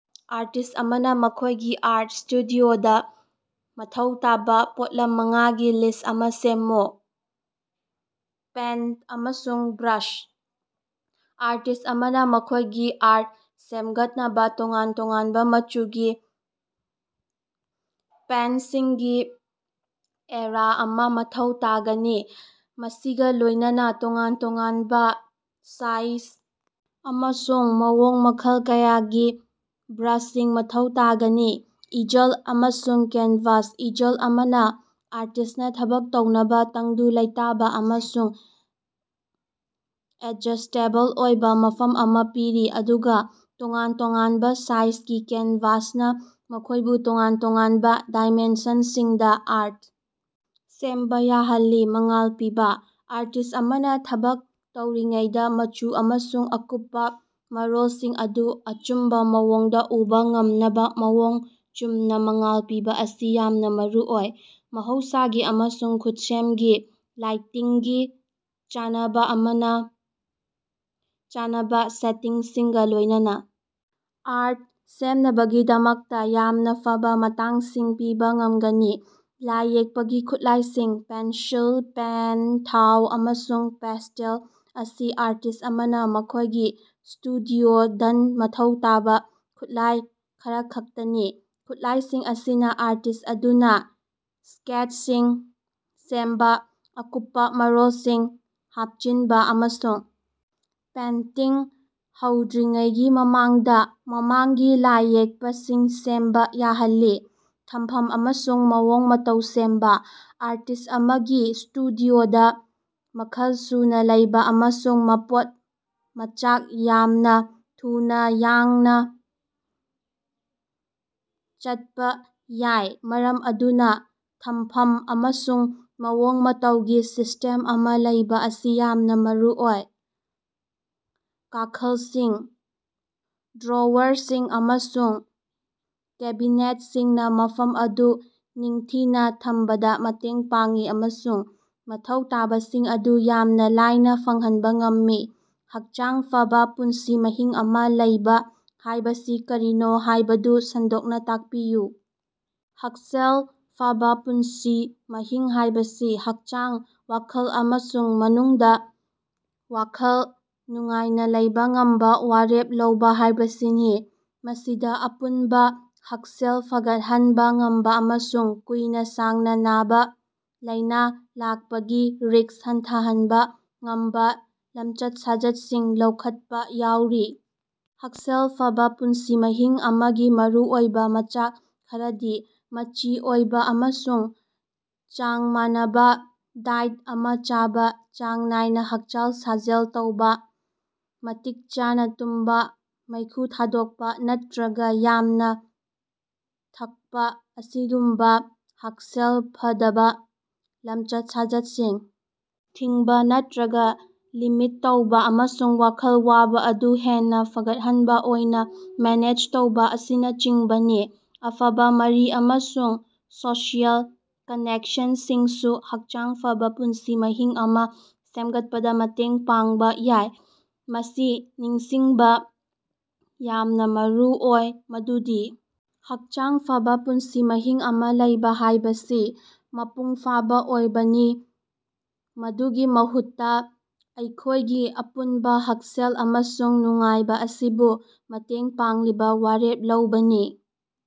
Artist ꯑꯃꯅ ꯃꯈꯣꯢꯒꯤ art ꯁꯇꯨꯗꯤꯑꯣꯗ ꯃꯊꯧ ꯇꯥꯕ ꯄꯣꯠꯂꯝ ꯃꯉꯥꯒꯤ ꯂꯤꯁ꯭ꯠ ꯑꯃ ꯁꯦꯝꯃꯨ꯫ ꯄꯦꯟꯇ ꯑꯃꯁꯨꯡ ꯕ꯭ꯔꯥꯁ: ꯑꯥꯔꯇꯤꯁ ꯑꯃꯅ ꯃꯈꯣꯢꯒꯤ ꯑꯥꯔꯠ ꯁꯦꯝꯒꯠꯅꯕ ꯇꯣꯉꯥꯟ ꯇꯣꯉꯥꯟꯕ ꯃꯆꯨꯒꯤ ꯄꯦꯟꯇꯁꯤꯡꯒꯤ ꯑꯦꯔꯦ ꯑꯃꯥ ꯃꯊꯧ ꯇꯥꯒꯅꯤ ꯃꯁꯤꯒ ꯂꯣꯢꯅꯅ ꯇꯣꯉꯥꯟ ꯇꯣꯉꯥꯟꯕ ꯁꯥꯏꯖ ꯑꯃꯁꯨꯡ ꯃꯑꯣꯡ ꯃꯈꯜ ꯀꯌꯥꯒꯤ ꯕ꯭ꯔꯥꯁꯁꯤꯡ ꯃꯊꯧ ꯇꯥꯒꯅꯤ꯫ ꯏꯖꯜ ꯑꯃꯁꯨꯡ ꯀꯦꯟꯚꯥꯁ: ꯏꯖꯜ ꯑꯃꯅ ꯑꯥꯔꯇꯤꯁꯅ ꯊꯕꯛ ꯇꯧꯅꯕ ꯇꯪꯗꯨ ꯂꯩꯇꯥꯕ ꯑꯃꯁꯨꯡ ꯑꯦꯗꯖꯁꯇꯦꯕꯜ ꯑꯣꯏꯕ ꯃꯐꯝ ꯑꯃ ꯄꯤꯔꯤ ꯑꯗꯨꯒ ꯇꯣꯉꯥꯟ ꯇꯣꯉꯥꯟꯕ ꯁꯥꯏꯖꯒꯤ ꯀꯦꯟꯚꯥꯁꯅ ꯃꯈꯣꯢꯕꯨ ꯇꯣꯉꯥꯟ ꯇꯣꯉꯥꯟꯕ ꯗꯥꯏꯃꯦꯟꯁꯟꯁꯤꯡꯗ ꯑꯥꯔꯠ ꯁꯦꯝꯕ ꯌꯥꯍꯜꯂꯤ꯫ ꯃꯉꯥꯜ ꯄꯤꯕꯥ: ꯑꯥꯔꯇꯤꯁ ꯑꯃꯅ ꯊꯕꯛ ꯇꯧꯔꯤꯉꯩꯗꯥ ꯃꯆꯨ ꯑꯃꯁꯨꯡ ꯑꯀꯨꯞꯄꯥ ꯃꯔꯣꯜꯁꯤꯡ ꯑꯗꯨ ꯑꯆꯨꯝꯕꯥ ꯃꯑꯣꯡꯗ ꯎꯕ ꯉꯝꯅꯕ ꯃꯑꯣꯡ ꯆꯨꯝꯅ ꯃꯉꯥꯜ ꯄꯤꯕ ꯑꯁꯤ ꯌꯥꯝꯅ ꯃꯔꯨꯑꯣꯏ꯫ ꯃꯍꯧꯁꯥꯒꯤ ꯑꯃꯁꯨꯡ ꯈꯨꯠꯁꯦꯝꯒꯤ ꯂꯥꯏꯇꯤꯡꯒꯤ ꯆꯥꯟꯅꯕ ꯑꯃꯅ ꯆꯥꯟꯅꯕ ꯁꯦꯇꯤꯡꯁꯤꯡꯒ ꯂꯣꯢꯅꯅ ꯑꯥꯔꯠ ꯁꯦꯝꯅꯕꯒꯤꯗꯃꯛꯇ ꯌꯥꯝꯅ ꯐꯕ ꯃꯇꯥꯡꯁꯤꯡ ꯄꯤꯕꯥ ꯉꯝꯒꯅꯤ꯫ ꯂꯥꯏ ꯌꯦꯛꯄꯒꯤ ꯈꯨꯠꯂꯥꯏꯁꯤꯡ: ꯄꯦꯟꯁꯤꯜ, ꯄꯦꯟ, ꯊꯥꯎ, ꯑꯃꯁꯨꯡ ꯄꯦꯁꯇꯦꯜ ꯑꯁꯤ ꯑꯥꯔꯇꯤꯁ ꯑꯃꯅ ꯃꯈꯣꯢꯒꯤ ꯁ꯭ꯇꯨꯗꯤꯑꯣꯗꯟꯃꯊꯧ ꯇꯥꯕ ꯈꯨꯠꯂꯥꯏ ꯈꯔꯈꯛꯇꯅꯤ꯫ ꯈꯨꯠꯂꯥꯢꯁꯤꯡ ꯑꯁꯤꯅ ꯑꯥꯔꯇꯤꯁ ꯑꯗꯨꯅ ꯁ꯭ꯀꯦꯠꯁꯤꯡ ꯁꯦꯝꯕ ꯑꯀꯨꯞꯄ ꯃꯔꯣꯜꯁꯤꯡ ꯍꯥꯞꯆꯤꯟꯕ ꯑꯃꯁꯨꯡ ꯄꯦꯟꯇꯤꯡ ꯍꯧꯗ꯭ꯔꯤꯉꯩꯒꯤ ꯃꯃꯥꯡꯗ ꯃꯃꯥꯡꯒꯤ ꯂꯥꯏ ꯌꯦꯛꯄꯁꯤꯡ ꯁꯦꯝꯕ ꯌꯥꯍꯜꯂꯤ꯫ ꯊꯝꯐꯝ ꯑꯃꯁꯨꯡ ꯃꯑꯣꯡ ꯃꯇꯧ ꯁꯦꯝꯕ: ꯑꯥꯔꯇꯤꯁ ꯑꯃꯒꯤ ꯁ꯭ꯇꯨꯗꯤꯑꯣꯗ ꯃꯈꯜ ꯁꯨꯅ ꯂꯩꯕ ꯑꯃꯁꯨꯡ ꯃꯄꯣꯠ ꯃꯆꯥꯛ ꯌꯥꯝꯅ ꯊꯨꯅ ꯌꯥꯡꯅ ꯆꯠꯄ ꯌꯥꯏ ꯃꯔꯝ ꯑꯗꯨꯅ ꯊꯝꯐꯝ ꯑꯃꯁꯨꯡ ꯃꯑꯣꯡ ꯃꯇꯧꯒꯤ ꯁꯤꯁꯇꯦꯝ ꯑꯃ ꯂꯩꯕꯥ ꯑꯁꯤ ꯌꯥꯝꯅ ꯃꯔꯨꯑꯣꯏ꯫ ꯀꯥꯈꯜꯁꯤꯡ, ꯗ꯭ꯔꯣꯋꯔꯁꯤꯡ ꯑꯃꯁꯨꯡ ꯀꯦꯕꯤꯅꯦꯠꯁꯤꯡꯅ ꯃꯐꯝ ꯑꯗꯨ ꯅꯤꯡꯊꯤꯅ ꯊꯝꯕꯗ ꯃꯇꯦꯡ ꯄꯥꯡꯏ ꯑꯃꯁꯨꯡ ꯃꯊꯧ ꯇꯥꯕꯁꯤꯡ ꯑꯗꯨ ꯌꯥꯝꯅ ꯂꯥꯏꯅ ꯐꯪꯍꯟꯕꯥ ꯉꯝꯃꯤ꯫ ꯍꯛꯆꯥꯡ ꯐꯕ ꯄꯨꯟꯁꯤ ꯃꯍꯤꯡ ꯑꯃ ꯂꯩꯕꯥ ꯍꯥꯢꯕꯁꯤ ꯀꯔꯤꯅꯣ ꯍꯥꯢꯕꯗꯨ ꯁꯟꯗꯣꯛꯅ ꯇꯥꯛꯄꯤꯌꯨ? ꯍꯛꯁꯦꯜ ꯐꯕꯥ ꯄꯨꯟꯁꯤ ꯃꯍꯤꯡ ꯍꯥꯢꯕꯁꯤ ꯍꯛꯆꯥꯡ, ꯋꯥꯈꯜ ꯑꯃꯁꯨꯡ ꯃꯅꯨꯡꯗ ꯋꯥꯈꯜ ꯅꯨꯡꯉꯥꯏꯅ ꯂꯩꯕꯥ ꯉꯝꯕ ꯋꯥꯔꯦꯞ ꯂꯧꯕꯥ ꯍꯥꯢꯕꯁꯤꯅꯤ꯫ ꯃꯁꯤꯗ ꯑꯄꯨꯟꯕ ꯍꯛꯁꯦꯜ ꯐꯒꯠꯍꯟꯕ ꯉꯝꯕ ꯑꯃꯁꯨꯡ ꯀꯨꯏꯅ ꯁꯥꯡꯅ ꯅꯥꯕ ꯂꯥꯢꯅꯥ ꯂꯥꯛꯄꯒꯤ ꯔꯤꯁ꯭ꯛ ꯍꯟꯊꯍꯟꯕ ꯉꯝꯕꯥ ꯂꯝꯆꯠ-ꯁꯥꯖꯠꯁꯤꯡ ꯂꯧꯈꯠꯄ ꯌꯥꯎꯔꯤ꯫ ꯍꯛꯁꯦꯜ ꯐꯕꯥ ꯄꯨꯟꯁꯤ ꯃꯍꯤꯡ ꯑꯃꯒꯤ ꯃꯔꯨꯑꯣꯏꯕ ꯃꯆꯥꯛ ꯈꯔꯗꯤ ꯃꯆꯤ ꯑꯣꯏꯕꯥ ꯑꯃꯁꯨꯡ ꯆꯥꯡ ꯃꯥꯟꯅꯕꯥ ꯗꯥꯏꯠ ꯑꯃꯥ ꯆꯥꯕ ꯆꯥꯡ ꯅꯥꯏꯅ ꯍꯛꯆꯥꯡ ꯁꯥꯖꯦꯜ ꯇꯧꯕꯥ, ꯃꯇꯤꯛ ꯆꯥꯅ ꯇꯨꯝꯕꯥ, ꯃꯩꯈꯨ ꯊꯥꯗꯣꯛꯄ ꯅꯠꯇꯔꯒ ꯌꯥꯝꯅ ꯊꯛꯄꯥ ꯑꯁꯤꯒꯨꯝꯕ ꯍꯛꯁꯦꯜ ꯐꯗꯕ ꯂꯝꯆꯠ-ꯁꯥꯖꯠꯁꯤꯡ ꯊꯤꯡꯕ ꯅꯠꯇꯔꯒ ꯂꯤꯃꯤꯠ ꯇꯧꯕꯥ ꯑꯃꯁꯨꯡ ꯋꯥꯈꯜ ꯋꯥꯕ ꯑꯗꯨ ꯍꯦꯟꯅ ꯐꯒꯠꯍꯟꯕ ꯑꯣꯏꯅ ꯃꯦꯅꯦꯖ ꯇꯧꯕꯥ ꯑꯁꯤꯅꯆꯤꯡꯕꯅꯤ꯫ ꯑꯐꯕ ꯃꯔꯤ ꯑꯃꯁꯨꯡ ꯁꯣꯁꯤꯑꯦꯜ ꯀꯅꯦꯛꯁꯟꯁꯤꯡꯁꯨ ꯍꯛꯆꯥꯡ ꯐꯕ ꯄꯨꯟꯁꯤ ꯃꯍꯤꯡ ꯑꯃ ꯁꯦꯝꯒꯠꯄꯗ ꯃꯇꯦꯡ ꯄꯥꯡꯕ ꯌꯥꯏ꯫ ꯃꯁꯤ ꯅꯤꯡꯁꯤꯡꯕ ꯌꯥꯝꯅ ꯃꯔꯨꯑꯣꯏ ꯃꯗꯨꯗꯤ ꯍꯛꯆꯥꯡ ꯐꯕ ꯄꯨꯟꯁꯤ ꯃꯍꯤꯡ ꯑꯃ ꯂꯩꯕꯥ ꯍꯥꯢꯕꯁꯤ ꯃꯄꯨꯡ ꯐꯥꯕ ꯑꯣꯏꯕꯅꯤ ꯃꯗꯨꯒꯤ ꯃꯍꯨꯠꯇ ꯑꯩꯈꯣꯢꯒꯤ ꯑꯄꯨꯟꯕ ꯍꯛꯁꯦꯜ ꯑꯃꯁꯨꯡ ꯅꯨꯡꯉꯥꯏꯕ ꯑꯁꯤꯕꯨ ꯃꯇꯦꯡ ꯄꯥꯡꯂꯤꯕ ꯋꯥꯔꯦꯞ ꯂꯧꯕꯅꯤ꯫